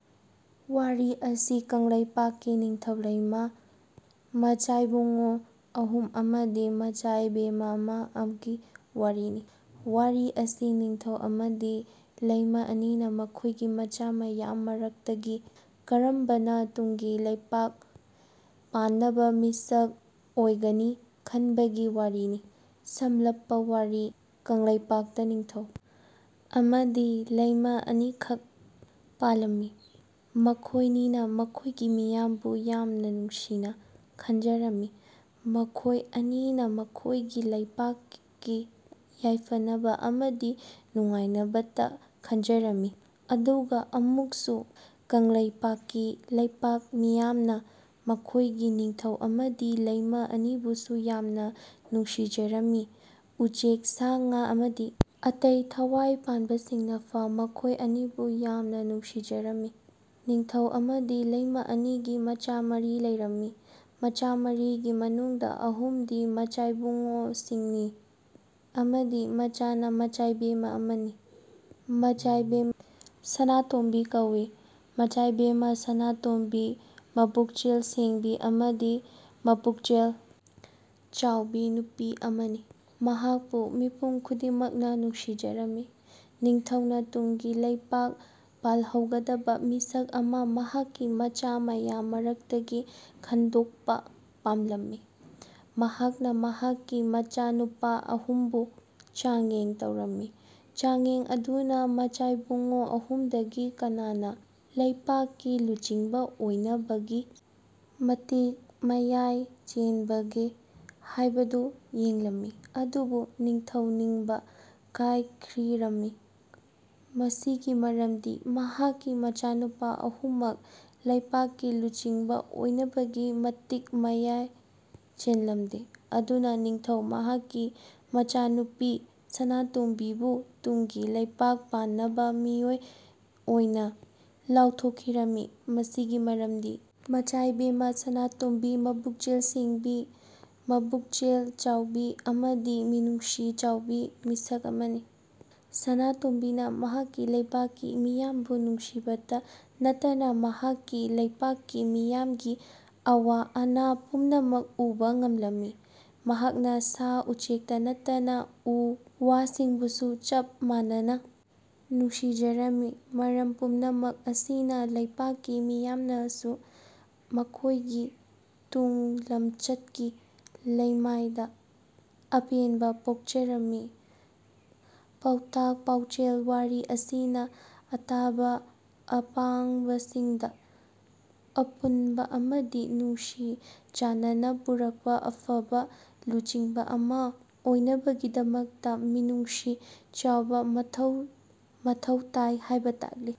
ꯋꯥꯔꯤ ꯑꯁꯤ ꯀꯪꯂꯩꯄꯥꯛꯀꯤ ꯅꯤꯡꯊꯧ ꯂꯩꯃ ꯃꯆꯥꯏꯕꯨꯡꯉꯣ ꯑꯍꯨꯝ ꯑꯃꯗꯤ ꯃꯆꯥꯏꯕꯦꯝꯃ ꯑꯃꯒꯤ ꯋꯥꯔꯤꯅꯤ꯫ ꯋꯥꯔꯤ ꯑꯁꯤ ꯅꯤꯡꯊꯧ ꯑꯃꯗꯤ ꯂꯩꯃ ꯑꯅꯤꯅ ꯃꯈꯣꯢꯒꯤ ꯃꯆꯥ ꯃꯌꯥꯝ ꯃꯔꯛꯇꯒꯤ ꯀꯔꯝꯕꯅ ꯇꯨꯡꯒꯤ ꯂꯩꯄꯥꯛ ꯄꯥꯟꯅꯕ ꯃꯤꯁꯛ ꯑꯣꯢꯒꯅꯤ ꯈꯟꯕꯒꯤ ꯋꯥꯔꯤꯅꯤ꯫ ꯁꯝꯂꯞꯄ ꯋꯥꯔꯤ ꯀꯪꯂꯩꯄꯥꯛꯇ ꯅꯤꯡꯊꯧ ꯑꯃꯗꯤ ꯂꯩꯃ ꯑꯅꯤꯈꯛ ꯄꯥꯂꯝꯃꯤ꯫ꯃꯈꯣꯢꯅꯤꯅ ꯃꯈꯣꯢꯒꯤ ꯃꯤꯌꯥꯝꯕꯨ ꯌꯥꯝ ꯅꯨꯡꯁꯤꯅ ꯈꯟꯖꯔꯝꯃꯤ꯫ ꯃꯈꯣꯢ ꯑꯅꯤꯅ ꯃꯈꯣꯢꯒꯤ ꯂꯩꯄꯥꯛꯀꯤ ꯌꯥꯢꯐꯅꯕ ꯑꯃꯗꯤ ꯅꯨꯡꯉꯥꯢꯅꯕꯇ ꯈꯟꯖꯔꯝꯃꯤ꯫ ꯑꯗꯨꯒ ꯑꯃꯨꯛꯁꯨ ꯀꯪꯂꯩꯄꯥꯛꯀꯤ ꯂꯩꯄꯥꯛ ꯃꯤꯌꯥꯝꯅ ꯃꯈꯣꯢꯒꯤ ꯅꯤꯡꯊꯧ ꯑꯃꯗꯤ ꯂꯩꯃ ꯑꯅꯤꯕꯨꯁꯨ ꯌꯥꯝꯅ ꯅꯨꯡꯁꯤꯖꯔꯝꯃꯤ꯫ ꯎꯆꯦꯛ ꯁꯥ ꯉꯥ ꯑꯃꯗꯤ ꯑꯇꯩ ꯊꯋꯥꯢ ꯄꯥꯟꯕꯁꯤꯡꯅꯐꯥꯎ ꯃꯈꯣꯢ ꯑꯅꯤꯕꯨ ꯌꯥꯝꯅ ꯅꯨꯡꯁꯤꯖꯔꯝꯃꯤ꯫ ꯅꯤꯡꯊꯧ ꯑꯃꯗꯤ ꯂꯩꯃ ꯑꯅꯤꯒꯤ ꯃꯆꯥ ꯃꯔꯤ ꯂꯩꯔꯝꯃꯤ꯫ ꯃꯆꯥ ꯃꯔꯤꯒꯤ ꯃꯅꯨꯡꯗ ꯑꯍꯨꯝꯗꯤ ꯃꯆꯥꯏꯕꯨꯡꯉꯣꯁꯤꯡꯅꯤ ꯑꯃꯗꯤ ꯑꯃꯅ ꯃꯆꯥꯏꯕꯦꯝꯃ ꯑꯃꯅꯤ꯫ ꯃꯆꯥꯏꯕꯦꯝꯃꯒꯤ ꯃꯤꯡ ꯁꯅꯥꯇꯣꯝꯕꯤ ꯀꯧꯏ꯫ ꯃꯆꯥꯏꯕꯦꯝꯃ ꯁꯅꯥꯇꯣꯝꯕꯤ ꯃꯄꯨꯛꯆꯦꯜ ꯁꯦꯡꯕꯤ ꯑꯃꯗꯤ ꯃꯄꯨꯛꯆꯦꯜ ꯆꯥꯎꯕꯤ ꯅꯨꯄꯤ ꯑꯃꯅꯤ꯫ ꯃꯍꯥꯛꯄꯨ ꯃꯤꯄꯨꯝ ꯈꯨꯗꯤꯡꯃꯛꯅ ꯅꯨꯡꯁꯤꯖꯔꯝꯃꯤ꯫ ꯅꯤꯡꯊꯧꯅ ꯇꯨꯡꯒꯤ ꯂꯩꯄꯥꯛ ꯄꯥꯜꯍꯧꯒꯗꯕ ꯃꯤꯁꯛ ꯑꯃ ꯃꯍꯥꯛꯀꯤ ꯃꯆꯥ ꯃꯌꯥꯝ ꯃꯔꯛꯇꯒꯤ ꯈꯟꯗꯣꯛꯄ ꯄꯥꯝꯂꯝꯃꯤ꯫ ꯃꯍꯥꯛꯅ ꯃꯍꯥꯛꯀꯤ ꯃꯆꯥꯅꯨꯄꯥ ꯑꯍꯨꯝꯕꯨ ꯆꯥꯡꯌꯦꯡ ꯇꯧꯔꯝꯃꯤ꯫ ꯆꯥꯡꯌꯦꯡ ꯑꯗꯨꯅ ꯃꯆꯥꯏꯕꯨꯡꯉꯣ ꯑꯍꯨꯝꯗꯒꯤ ꯀꯅꯥꯅ ꯂꯩꯄꯥꯛꯀꯤ ꯂꯨꯆꯤꯡꯕ ꯑꯣꯢꯅꯕꯒꯤ ꯃꯇꯤꯛ ꯃꯌꯥꯢ ꯆꯦꯟꯕꯒꯦ ꯍꯥꯢꯕꯗꯨ ꯌꯦꯡꯂꯝꯃꯤ꯫ ꯑꯗꯨꯕꯨ ꯅꯤꯡꯊꯧ ꯅꯤꯡꯕ ꯀꯥꯢꯈꯤꯔꯝꯃꯤ꯫ ꯃꯁꯤꯒꯤ ꯃꯔꯝꯗꯤ ꯃꯍꯥꯛꯀꯤ ꯃꯆꯥꯅꯨꯄꯥ ꯑꯍꯨꯝꯃꯛ ꯂꯩꯄꯥꯛꯀꯤ ꯂꯨꯆꯤꯡꯕ ꯑꯣꯢꯅꯕꯒꯤ ꯃꯇꯤꯛ ꯃꯌꯥꯢ ꯆꯦꯟꯂꯝꯗꯦ꯫ ꯑꯗꯨꯅ ꯅꯤꯡꯊꯧꯅ ꯃꯍꯥꯛꯀꯤ ꯃꯆꯥꯅꯨꯄꯤ ꯁꯅꯥꯇꯣꯝꯕꯤꯕꯨ ꯇꯨꯡꯒꯤ ꯂꯩꯄꯥꯛ ꯄꯥꯟꯅꯕ ꯃꯤꯑꯣꯢ ꯑꯣꯢꯅ ꯂꯥꯎꯊꯣꯛꯈꯤꯔꯝꯃꯤ꯫ ꯃꯁꯤꯒꯤ ꯃꯔꯝꯗꯤ ꯃꯆꯥꯏꯕꯦꯝꯃ ꯁꯅꯥꯇꯣꯝꯕꯤ ꯃꯄꯨꯛꯆꯦꯜ ꯁꯦꯡꯕꯤ ꯃꯄꯨꯛꯆꯦꯜ ꯆꯥꯎꯕꯤ ꯑꯃꯗꯤ ꯃꯤꯅꯨꯡꯁꯤ ꯆꯥꯎꯕꯤ ꯃꯤꯁꯛ ꯑꯃꯅꯤ꯫ ꯁꯅꯥꯇꯣꯝꯕꯤꯅ ꯃꯍꯥꯛꯀꯤ ꯂꯩꯄꯥꯛꯀꯤ ꯃꯤꯌꯥꯝꯕꯨ ꯅꯨꯡꯁꯤꯕꯇ ꯅꯠꯇꯅ ꯃꯍꯥꯛꯀꯤ ꯂꯩꯄꯥꯛꯀꯤ ꯃꯤꯌꯥꯝꯒꯤ ꯑꯋꯥ ꯑꯅꯥ ꯄꯨꯝꯅꯃꯛ ꯎꯕ ꯉꯝꯂꯝꯃꯤ꯫ ꯃꯍꯥꯛꯅ ꯁꯥ ꯎꯆꯦꯛꯇ ꯅꯠꯇꯅ ꯎ ꯋꯥꯁꯤꯡꯕꯨꯁꯨ ꯆꯞ ꯃꯥꯟꯅꯅ ꯅꯨꯡꯁꯤꯖꯔꯝꯃꯤ꯫ ꯃꯔꯝ ꯄꯨꯝꯅꯃꯛ ꯑꯁꯤꯅ ꯂꯩꯄꯥꯛꯀꯤ ꯃꯤꯌꯥꯝꯅꯁꯨ ꯃꯈꯣꯢꯒꯤ ꯇꯨꯡꯂꯝꯆꯠꯀꯤ ꯂꯩꯃꯥꯏꯗ ꯑꯄꯦꯟꯕ ꯄꯣꯛꯆꯔꯝꯃꯤ꯫ ꯄꯥꯎꯇꯥꯛ ꯄꯥꯎꯆꯦꯜ ꯋꯥꯔꯤ ꯑꯁꯤꯅ ꯑꯇꯥꯕ ꯑꯄꯥꯕꯁꯤꯡꯗ ꯑꯄꯨꯟꯕ ꯑꯃꯗꯤ ꯅꯨꯡꯁꯤ ꯆꯥꯟꯅꯕ ꯄꯨꯔꯛꯄ ꯑꯐꯕ ꯂꯨꯆꯤꯡꯕ ꯑꯃ ꯑꯣꯢꯅꯕꯒꯤꯗꯃꯛꯇ ꯃꯤꯅꯨꯡꯁꯤ ꯆꯥꯎꯕ ꯃꯊꯧ ꯇꯥꯢ ꯍꯥꯏꯕ ꯇꯥꯛꯂꯤ꯫